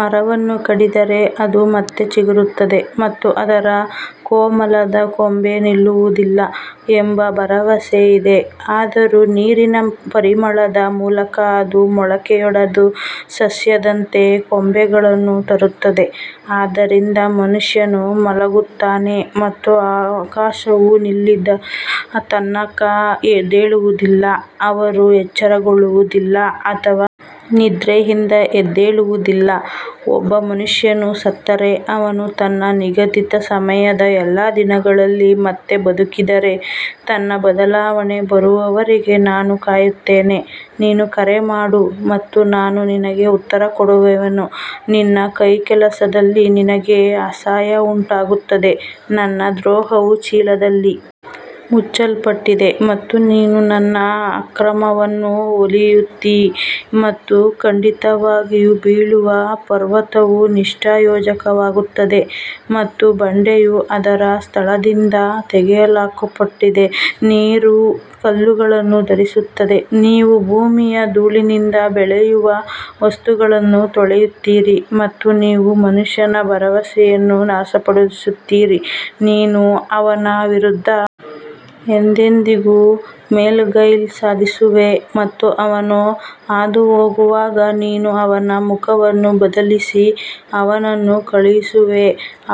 ಮರವನ್ನು ಕಡಿದರೆ ಅದು ಮತ್ತೆ ಚಿಗುರುತ್ತದೆ ಮತ್ತು ಅದರ ಕೋಮಲ ಕೊಂಬೆ ನಿಲ್ಲುವುದಿಲ್ಲ ಎಂಬ ಭರವಸೆ ಇದೆ. ಆದರೂ ನೀರಿನ ಪರಿಮಳದ ಮೂಲಕ ಅದು ಮೊಳಕೆಯೊಡೆದು ಸಸ್ಯದಂತೆ ಕೊಂಬೆಗಳನ್ನು ತರುತ್ತದೆ ಆದ್ದರಿಂದ ಮನುಷ್ಯ ಮಲಗುತ್ತಾನೆ ಮತ್ತು ಆಕಾಶವು ಇನ್ನಿಲ್ಲದ ತನಕ ಎದ್ದೇಳುವುದಿಲ್ಲ, ಅವರು ಎಚ್ಚರಗೊಳ್ಳುವುದಿಲ್ಲ ಅಥವಾ ನಿದ್ರೆಯಿಂದ ಎದ್ದೇಳುವುದಿಲ್ಲ ಒಬ್ಬ ಮನುಷ್ಯನು ಸತ್ತರೆ ಅವನು ನನ್ನ ನಿಗದಿತ ಸಮಯದ ಎಲ್ಲಾ ದಿನಗಳಲ್ಲಿ ಮತ್ತೆ ಬದುಕಿದರೆ ನನ್ನ ಬದಲಾವಣೆ ಬರುವವರೆಗೆ ನಾನು ಕಾಯುತ್ತೇನೆ ನೀನು ಕರೆ ಮಾಡು ಮತ್ತು ನಾನು ನಿನಗೆ ಉತ್ತರ ಕೊಡುವೆನು ನಿನ್ನ ಕೈಕೆಲಸದಲ್ಲಿ ನಿನಗೆ ಆಸೆಯುಂಟಾಗುತ್ತದೆ ನನ್ನ ದ್ರೋಹವು ಚೀಲದಲ್ಲಿ ಮುಚ್ಚಲ್ಪಟ್ಟಿದೆ ಮತ್ತು ನೀನು ನನ್ನ ಅಕ್ರಮವನ್ನು ಹೊಲಿಯುತ್ತೀ ಮತ್ತು ಖಂಡಿತವಾಗಿಯೂ ಬೀಳುವ ಪರ್ವತವು ನಿಷ್ಪ್ರಯೋಜಕವಾಗುತ್ತದೆ ಮತ್ತು ಬಂಡೆಯು ಅದರ ಸ್ಥಳದಿಂದ ತೆಗೆದುಹಾಕಲ್ಪಟ್ಟಿದೆ ನೀರು ಕಲ್ಲುಗಳನ್ನು ಧರಿಸುತ್ತದೆ, ನೀವು ಭೂಮಿಯ ಧೂಳಿನಿಂದ ಬೆಳೆಯುವ ವಸ್ತುಗಳನ್ನು ತೊಳೆಯುತ್ತೀರಿ ಮತ್ತು ನೀವು ಮನುಷ್ಯನ ಭರವಸೆಯನ್ನು ನಾಶಪಡಿಸುತ್ತೀರಿ ನೀನು ಅವನ ವಿರುದ್ಧ ಎಂದೆಂದಿಗೂ ಮೇಲುಗೈ ಸಾಧಿಸುವೆ ಮತ್ತು ಅವನು ಹಾದುಹೋಗುವಾಗ ನೀನು ಅವನ ಮುಖವನ್ನು ಬದಲಿಸಿ ಅವನನ್ನು ಕಳುಹಿಸುವೆ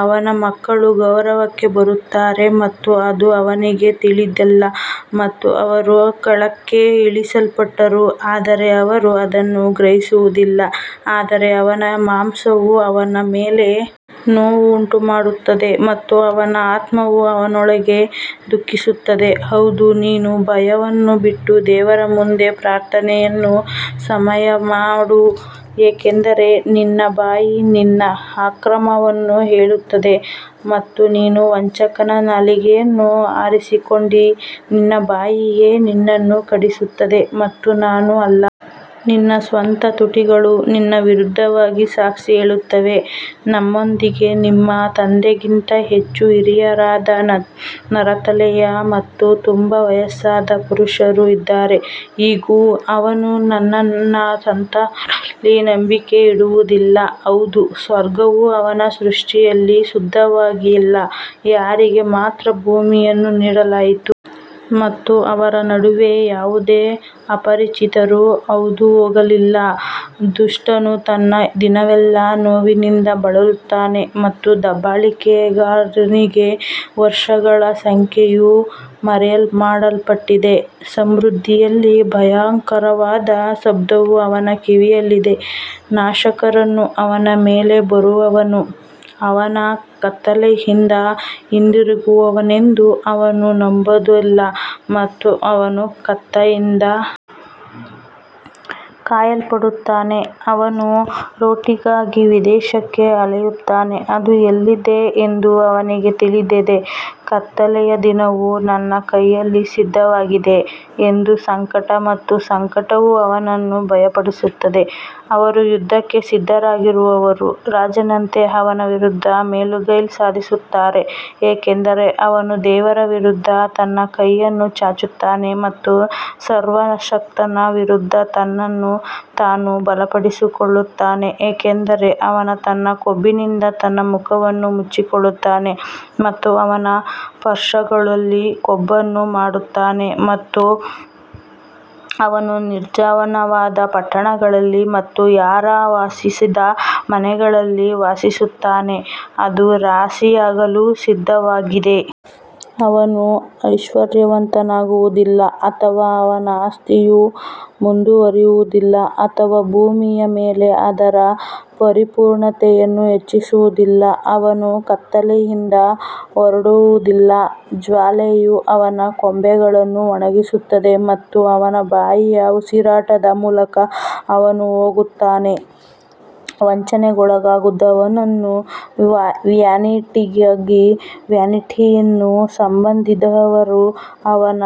ಅವನ ಮಕ್ಕಳು ಗೌರವಕ್ಕೆ ಬರುತ್ತಾರೆ ಮತ್ತು ಅದು ಅವನಿಗೆ ತಿಳಿದಿಲ್ಲ ಮತ್ತು ಅವರು ಕೆಳಕ್ಕೆ ಇಳಿಸಲ್ಪಟ್ಟರು ಆದರೆ ಅವರು ಅದನ್ನು ಗ್ರಹಿಸುವುದಿಲ್ಲ ಆದರೆ ಅವನ ಮಾಂಸವು ಅವನ ಮೇಲೆ ನೋವುಂಟುಮಾಡುತ್ತದೆ ಮತ್ತು ಅವನ ಆತ್ಮವು ಅವನೊಳಗೆ ದುಃಖಿಸುತ್ತದೆ ಹೌದು ನೀನು ಭಯವನ್ನು ಬಿಟ್ಟು ದೇವರ ಮುಂದೆ ಪ್ರಾರ್ಥನೆಯನ್ನು ಸಂಯಮ ಮಾಡು ಯಾಕಂದರೆ ನಿನ್ನ ಬಾಯಿ ನಿನ್ನ ಅಕ್ರಮವನ್ನು ಹೇಳುತ್ತದೆ ಮತ್ತು ನೀನು ವಂಚಕನ ನಾಲಿಗೆಯನ್ನು ಆರಿಸಿಕೊಂಡಿ ನಿನ್ನ ಬಾಯಿಯೇ ನಿನ್ನನ್ನು ಖಂಡಿಸುತ್ತದೆ ಮತ್ತು ನಾನು ಅಲ್ಲ ನಿನ್ನ ಸ್ವಂತ ತುಟಿಗಳು ನಿನಗೆ ವಿರುದ್ಧವಾಗಿ ಸಾಕ್ಷಿ ಹೇಳುತ್ತವೆ ನಮ್ಮೊಂದಿಗೆ ನಿಮ್ಮ ತಂದೆಗಿಂತ ಹೆಚ್ಚು ಹಿರಿಯರಾದ ನರೆತಲೆಯ ಮತ್ತು ತುಂಬಾ ವಯಸ್ಸಾದ ಪುರುಷರು ಇದ್ದಾರೆ ಇಗೋ, ಅವನು ತನ್ನ ಸಂತರಲ್ಲಿ ನಂಬಿಕೆ ಇಡುವುದಿಲ್ಲ, ಹೌದು, ಸ್ವರ್ಗವು ಅವನ ದೃಷ್ಟಿಯಲ್ಲಿ ಶುದ್ಧವಾಗಿಲ್ಲ ಯಾರಿಗೆ ಮಾತ್ರ ಭೂಮಿಯನ್ನು ನೀಡಲಾಯಿತು ಮತ್ತು ಅವರ ನಡುವೆ ಯಾವುದೇ ಅಪರಿಚಿತರು ಹಾದುಹೋಗಲಿಲ್ಲ ದುಷ್ಟನು ತನ್ನ ದಿನವೆಲ್ಲಾ ನೋವಿನಿಂದ ಬಳಲುತ್ತಾನೆ ಮತ್ತು ದಬ್ಬಾಳಿಕೆಗಾರನಿಗೆ ವರ್ಷಗಳ ಸಂಖ್ಯೆಯು ಮರೆಮಾಡಲ್ಪಟ್ಟಿದೆ ಸಮೃದ್ಧಿಯಲ್ಲಿ ಭಯಂಕರವಾದ ಶಬ್ದವು ಅವನ ಕಿವಿಯಲ್ಲಿದೆ, ನಾಶಕನು ಅವನ ಮೇಲೆ ಬರುವನು ಅವನು ಕತ್ತಲೆಯಿಂದ ಹಿಂದಿರುಗುವನೆಂದು ಅವನು ನಂಬುವುದಿಲ್ಲ ಮತ್ತು ಅವನು ಕತ್ತಿಯಿಂದ ಕಾಯಲ್ಪಡುತ್ತಾನೆ ಅವನು ರೊಟ್ಟಿಗಾಗಿ ವಿದೇಶಕ್ಕೆ ಅಲೆಯುತ್ತಾನೆ, ಅದು ಎಲ್ಲಿದೆ ಎಂದು ಅವನಿಗೆ ತಿಳಿದಿದೆ, ಕತ್ತಲೆಯ ದಿನವು ತನ್ನ ಕೈಯಲ್ಲಿ ಸಿದ್ಧವಾಗಿದೆ ಎಂದು ಸಂಕಟ ಮತ್ತು ಸಂಕಟವು ಅವನನ್ನು ಭಯಪಡಿಸುತ್ತದೆ, ಅವರು ಯುದ್ಧಕ್ಕೆ ಸಿದ್ಧರಾಗಿರುವ ರಾಜನಂತೆ ಅವನ ವಿರುದ್ಧ ಮೇಲುಗೈ ಸಾಧಿಸುತ್ತಾರೆ ಯಾಕಂದರೆ ಅವನು ದೇವರ ವಿರುದ್ಧ ತನ್ನ ಕೈಯನ್ನು ಚಾಚುತ್ತಾನೆ ಮತ್ತು ಸರ್ವಶಕ್ತನ ವಿರುದ್ಧ ತನ್ನನ್ನು ತಾನು ಬಲಪಡಿಸಿಕೊಳ್ಳುತ್ತಾನೆ ಯಾಕಂದರೆ ಅವನು ತನ್ನ ಕೊಬ್ಬಿನಿಂದ ತನ್ನ ಮುಖವನ್ನು ಮುಚ್ಚಿಕೊಳ್ಳುತ್ತಾನೆ ಮತ್ತು ಅವನ ಪಾರ್ಶ್ವಗಳಲ್ಲಿ ಕೊಬ್ಬನ್ನು ಮಾಡುತ್ತಾನೆ ಮತ್ತು ಅವನು ನಿರ್ಜನವಾದ ಪಟ್ಟಣಗಳಲ್ಲಿ ಮತ್ತು ಯಾರೂ ವಾಸಿಸದ ಮನೆಗಳಲ್ಲಿ ವಾಸಿಸುತ್ತಾನೆ, ಅದು ರಾಶಿಯಾಗಲು ಸಿದ್ಧವಾಗಿದೆ. ಅವನು ಐಶ್ವರ್ಯವಂತನಾಗುವದಿಲ್ಲ ಅಥವಾ ಅವನ ಆಸ್ತಿಯು ಮುಂದುವರಿಯುವದಿಲ್ಲ ಅಥವಾ ಭೂಮಿಯ ಮೇಲೆ ಅದರ ಪರಿಪೂರ್ಣತೆಯನ್ನು ಹೆಚ್ಚಿಸುವದಿಲ್ಲ ಅವನು ಕತ್ತಲೆಯಿಂದ ಹೊರಡುವದಿಲ್ಲ, ಜ್ವಾಲೆಯು ಅವನ ಕೊಂಬೆಗಳನ್ನು ಒಣಗಿಸುತ್ತದೆ ಮತ್ತು ಅವನ ಬಾಯಿಯ ಉಸಿರಾಟದ ಮೂಲಕ ಅವನು ಹೋಗುತ್ತಾನೆ ವಂಚನೆಗೊಳಗಾದವನು ವ್ಯಾನಿಟಿಗಾಗಿ ವ್ಯಾನಿಟಿಯನ್ನು ನಂಬದಿರುವುದು ಅವನ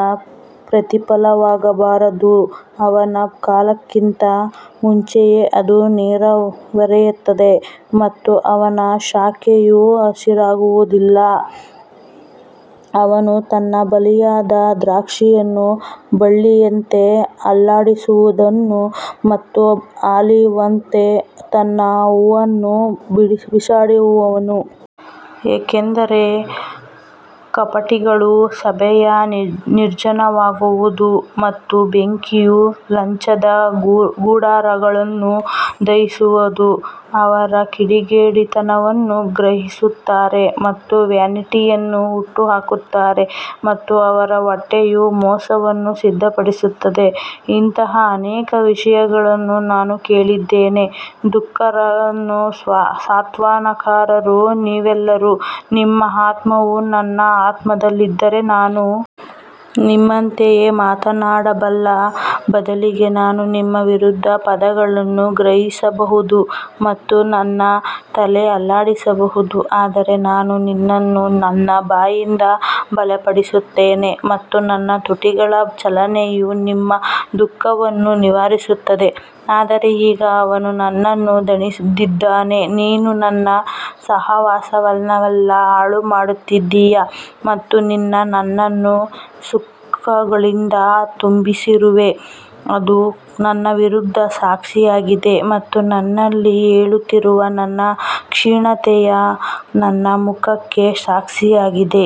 ಪ್ರತಿಫಲವಾಗಬಾರದು ಅವನ ಕಾಲಕ್ಕಿಂತ ಮುಂಚೆಯೇ ಅದು ನೆರವೇರುತ್ತದೆ ಮತ್ತು ಅವನ ಶಾಖೆಯು ಹಸಿರಾಗಿರುವುದಿಲ್ಲ ಅವನು ತನ್ನ ಬಲಿಯದ ದ್ರಾಕ್ಷಿಯನ್ನು ಬಳ್ಳಿಯಂತೆ ಅಲ್ಲಾಡಿಸುವನು ಮತ್ತು ಆಲಿವ್ನಂತೆ ತನ್ನ ಹೂವನ್ನು ಬಿಸಾಡುವನು. ಯಾಕಂದರೆ ಕಪಟಿಗಳ ಸಭೆಯು ನಿರ್ಜನವಾಗುವದು ಮತ್ತು ಬೆಂಕಿಯು ಲಂಚದ ಗುಡಾರಗಳನ್ನು ದಹಿಸುವದು. ಅವರು ಕಿಡಿಗೇಡಿತನವನ್ನು ಗ್ರಹಿಸುತ್ತಾರೆ ಮತ್ತು ವ್ಯಾನಿಟಿಯನ್ನು ಹುಟ್ಟುಹಾಕುತ್ತಾರೆ ಮತ್ತು ಅವರ ಹೊಟ್ಟೆಯು ಮೋಸವನ್ನು ಸಿದ್ಧಪಡಿಸುತ್ತದೆ ಇಂತಹ ಅನೇಕ ವಿಷಯಗಳನ್ನು ನಾನು ಕೇಳಿದ್ದೇನೆ ದುಃಖಕರ ಸಾಂತ್ವನಕಾರರು ನೀವೆಲ್ಲರೂ ನಿಮ್ಮ ಆತ್ಮವು ನನ್ನ ಆತ್ಮದಲ್ಲಿದ್ದರೆ ನಾನು ನಿಮ್ಮಂತೆಯೇ ಮಾತನಾಡಬಲ್ಲೆ, ಬದಲಿಗೆ ನಾನು ನಿಮ್ಮ ವಿರುದ್ಧ ಪದಗಳನ್ನು ಸಂಗ್ರಹಿಸಬಹುದು ಮತ್ತು ನನ್ನ ತಲೆ ಅಲ್ಲಾಡಿಸಬಹುದು ಆದರೆ ನಾನು ನಿನ್ನನ್ನು ನನ್ನ ಬಾಯಿಯಿಂದ ಬಲಪಡಿಸುತ್ತೇನೆ ಮತ್ತು ನನ್ನ ತುಟಿಗಳ ಚಲನೆಯು ನಿಮ್ಮ ದುಃಖವನ್ನು ನಿವಾರಿಸುತ್ತದೆ ಆದರೆ ಈಗ ಅವನು ನನ್ನನ್ನು ದಣಿದಿದ್ದಾನೆ, ನೀನು ನನ್ನ ಸಹವಾಸವನ್ನೆಲ್ಲಾ ಹಾಳು ಮಾಡಿದ್ದೀ ಮತ್ತು ನೀನು ನನ್ನನ್ನು ಸುಕ್ಕುಗಳಿಂದ ತುಂಬಿಸಿರುವೆ, ಅದು ನನ್ನ ವಿರುದ್ಧ ಸಾಕ್ಷಿಯಾಗಿದೆ ಮತ್ತು ನನ್ನಲ್ಲಿ ಏಳುತ್ತಿರುವ ನನ್ನ ಕ್ಷೀಣತೆಯು ನನ್ನ ಮುಖಕ್ಕೆ ಸಾಕ್ಷಿಯಾಗಿದೆ.